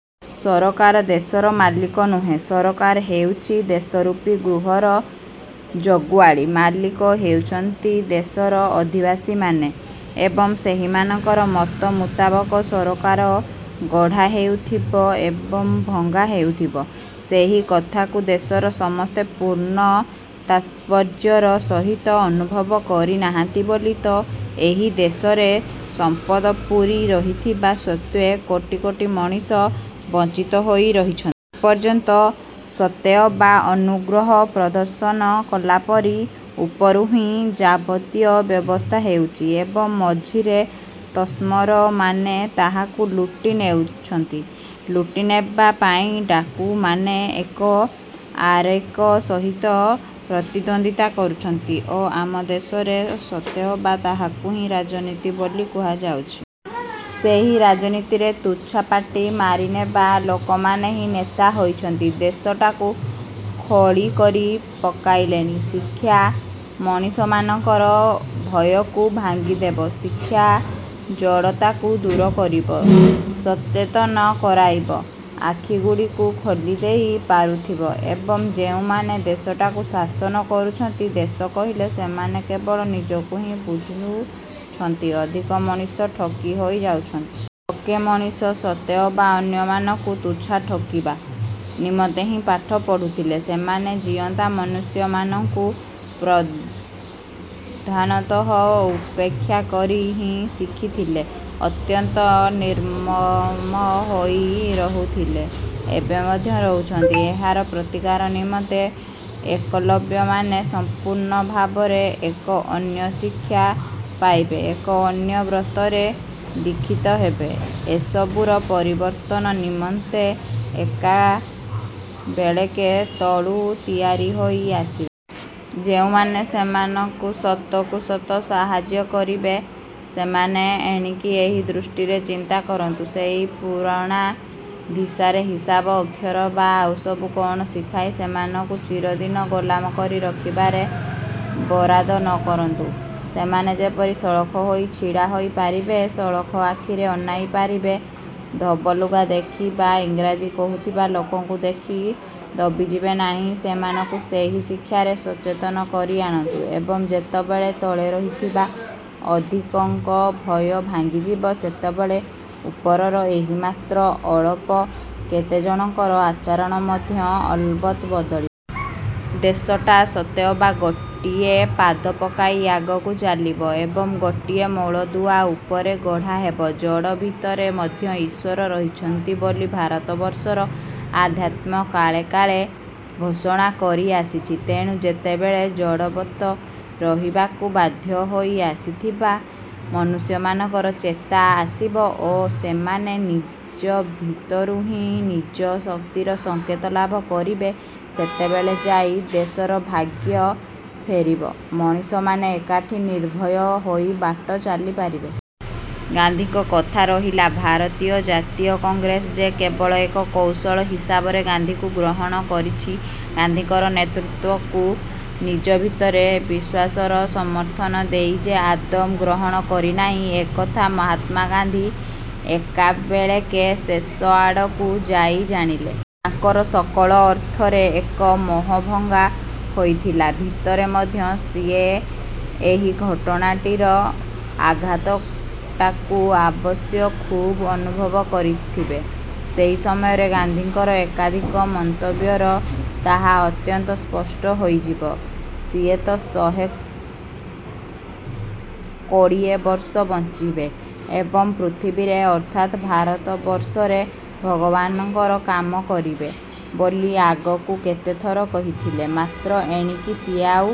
ସରକାର ଦେଶର ମାଲିକ ନୁହେଁ, ସରକାର ହେଉଛି ଦେଶରୂପୀ ଗୃହର ଜଗୁଆଳୀ, ମାଲିକ ହେଉଛନ୍ତି ଦେଶର ଅଧିବାସୀମାନେ ଏବଂ ସେହିମାନଙ୍କର ମତ ମୁତାବକ ସରକାର ଗଢ଼ା ହେଉଥିବ ଏବଂ ଭଙ୍ଗା ହେଉଥିବ। ସେହି କଥାଟିକୁ ଦେଶର ସମସ୍ତେ ପୂର୍ଣ୍ଣ ତାତ୍ପର୍ଯ୍ୟର ସହିତ ଅନୁଭବ କରିନାହାନ୍ତି ବୋଲି ତ ଏହି ଦେଶରେ ସମ୍ପଦ ପୂରି ରହିଥିବା ସତ୍ତ୍ୱେ କୋଟି କୋଟି ମଣିଷ ବଞ୍ଚିତ ହୋଇ ରହିଛନ୍ତି। ଏପର୍ଯ୍ୟନ୍ତ ସତେଅବା ଅନୁଗ୍ରହ ପ୍ରଦର୍ଶନ କଲାପରି ଉପରୁ ହିଁ ଯାବତୀୟ ବ୍ୟବସ୍ଥା ହେଉଛି ଏବଂ ମଝିରେ ତସ୍କରମାନେ ତାହାକୁ ଲୁଟି ନେଉଛନ୍ତି। ଲୁଟିନେବା ପାଇଁ ଡାକୁମାନେ ଏକ ଆରେକ ସହିତ ପ୍ରତିଦ୍ୱନ୍ଦିତା କରୁଛନ୍ତି ଓ ଆମ ଦେଶରେ ସତେଅବା ତାହାକୁ ହିଁ ରାଜନୀତି ବୋଲି କୁହାଯାଉଛି। ସେହି ରାଜନୀତିରେ ତୁଚ୍ଛା ପଟି ମାରିନେବା ଲୋକମାନେ ହିଁ ନେତା ହୋଇଛନ୍ତି। ଦେଶଟାକୁ ଖୋଳି କରି ପକାଇଲେଣି। ଶିକ୍ଷା ମଣିଷମାନଙ୍କର ଭୟକୁ ଭାଙ୍ଗିଦେବ, ଶିକ୍ଷା ଜଡ଼ତାକୁ ଦୂର କରିବ, ସତେତନ କରାଇବ, ଆଖିଗୁଡ଼ିକୁ ଖୋଲିଦେଇ ପାରୁଥିବ। ଏବଂ ଯେଉଁମାନେ ଦେଶଟାକୁ ଶାସନ କରୁଛନ୍ତି, ଦେଶ କହିଲେ ସେମାନେ କେବଳ ନିଜକୁ ହିଁ ବୁଝୁଛନ୍ତି, ଅଧିକ ମଣିଷ ଠକି ହୋଇ ଯାଉଛନ୍ତି। ଥୋକେ ମଣିଷ ସତେଅବା ଅନ୍ୟମାନଙ୍କୁ ତୁଚ୍ଛା ଠକିବା ନିମନ୍ତେ ହିଁ ପାଠ ପଢୁଥିଲେ। ସେମାନେ ଜୀଅନ୍ତା ମନୁଷ୍ୟମାନଙ୍କୁ ପ୍ରଧାନତଃ ଉପେକ୍ଷା କରି ହିଁ ଶିଖିଥିଲେ। ଅତ୍ୟନ୍ତ ନିର୍ମମ ହୋଇ ରହୁଥଲେ, ଏବେ ମଧ୍ୟ ରହିଛନ୍ତି। ଏହାର ପ୍ରତିକାର ନିମନ୍ତେ ଏକଲବ୍ୟମାନେ ସମ୍ପୂର୍ଣ୍ଣ ଭାବରେ ଏକ ଅନ୍ୟ ଶିକ୍ଷା ପାଇବେ, ଏକ ଅନ୍ୟ ବ୍ରତରେ ଦୀକ୍ଷିତ ହେବେ, ଏସବୁର ପରିବର୍ତ୍ତନ ନିମନ୍ତେ ଏକାବେଳେକେ ତଳୁ ତିଆରି ହୋଇ ଆସି। ଯେଉଁମାନେ ସେମାନଙ୍କୁ ସତକୁ ସତ ସାହାଯ୍ୟ କରିବେ, ସେମାନେ ଏଣିକି ଏହି ଦୃଷ୍ଟିରେ ଚିନ୍ତା କରନ୍ତୁ। ସେଇ ପୁରୁଣା ଧିସାରେ ହିସାବ, ଅକ୍ଷର ବା ଆଉସବୁ କଣ ଶିଖାଇ ସେମାନଙ୍କୁ ଚିରଦିନ ଗୋଲାମ କରି ରଖିବାରେ ବରାଦ ନକରନ୍ତୁ। ସେମାନେ ଯେପରି ସଳଖ ହୋଇ ଛିଡ଼ା ହୋଇ ପାରିବେ, ସଳଖ ଆଖିରେ ଅନାଇ ପାରିବେ, ଧୋବ ଲୁଗା ଦେଖି ବା ଇଂରାଜୀ କହୁଥିବା ଲୋକଙ୍କୁ ଦେଖି ଦବିଯିବେ ନାହିଁ, ସେମାନଙ୍କୁ ସେହି ଶିକ୍ଷାରେ ସଚେତନ କରି ଆଣନ୍ତୁ ଏବଂ ଯେତେବେଳେ ତଳେ ରହିଥିବା ଅଧିକଙ୍କର ଭୟ ଭାଙ୍ଗିଯିବ, ସେତେବେଳେ ଉପରର ଏହି ମାତ୍ର ଅଳପ କେତେଜଣଙ୍କର ଆଚରଣ ମଧ୍ୟ ଅଲବତ ବଦଳି। ଦେଶଟା ସତେଅବା ଗୋଟିଏ ପାଦ ପକାଇ ଆଗକୁ ଚାଲିବ ଏବଂ ଗୋଟିଏ ମୂଳଦୁଆ ଉପରେ ଗଢ଼ାହେବ। ଜଡ଼ ଭିତରେ ମଧ୍ୟ ଈଶ୍ୱର ରହିଛନ୍ତି ବୋଲି ଭାରତବର୍ଷର ଅଧ୍ୟାତ୍ମ କାଳେ କାଳେ ଘୋଷଣା କରିଆସିଛି। ତେଣୁ ଯେତେବେଳେ ଜଡ଼ବତ୍ ରହିବାକୁ ବାଧ୍ୟ ହୋଇ ଆସିଥିବା ମନୁଷ୍ୟମାନଙ୍କର ଚେତା ଆସିବ ଓ ସେମାନେ ନିଜ ଭିତରୁ ହିଁ ନିଜ ଶକ୍ତିର ସଙ୍କେତ ଲାଭ କରିବେ, ସେତେବେଳେ ଯାଇ ଦେଶର ଭାଗ୍ୟ ଫେରିବ, ମଣିଷମାନେ ଏକାଠି ନିର୍ଭୟ ହୋଇ ବାଟ ଚାଲିପାରିବେ। ଗାନ୍ଧୀଙ୍କ କଥା ରହିଲା ଭାରତୀୟ ଜାତୀୟ କଂଗ୍ରେସ ଯେ କେବଳ ଏକ କୌଶଳ ହିସାବରେ ଗାନ୍ଧୀଙ୍କୁ ଗ୍ରହଣ କରିଛି, ଗାନ୍ଧୀଙ୍କର ନେତୃତ୍ୱକୁ ନିଜ ଭିତର ବିଶ୍ୱାସର ସମର୍ଥନ ଦେଇ ଯେ ଆଦୌ ଗ୍ରହଣ କରିନାହିଁ, ଏକଥା ମହାତ୍ମା ଗାନ୍ଧୀ ଏକାବେଳେକେ ଶେଷ ଆଡ଼କୁ ଯାଇ ଜାଣିଲେ। ତାଙ୍କର ସକଳ ଅର୍ଥରେ ଏକ ମୋହଭଙ୍ଗ ହୋଇଥିଲା। ଭିତରେ ମଧ୍ୟ ସିଏ ଏହି ଘଟଣାଟିର ଆଘାତଟାକୁ ଅବଶ୍ୟ ଖୁବ୍ ଅନୁଭବ କରିଥିବେ। ସେହି ସମୟରେ ଗାନ୍ଧୀଙ୍କର ଏକାଧିକ ମନ୍ତବ୍ୟର ତାହା ଅତ୍ୟନ୍ତ ସ୍ପଷ୍ଟ ହୋଇଯିବ। ସିଏତ ଶହେ କୋଡ଼ିଏ ବର୍ଷ ବଞ୍ଚିବେ ଏବଂ ପୃଥିବୀରେ ଅର୍ଥାତ୍ ଭାରତବର୍ଷରେ ଭଗବାନଙ୍କର କାମ କରିବେ ବୋଲି ଆଗରୁ କେତେଥର କହିଥିଲେ। ମାତ୍ର ଏଣିକି ସିଏ ଆଉ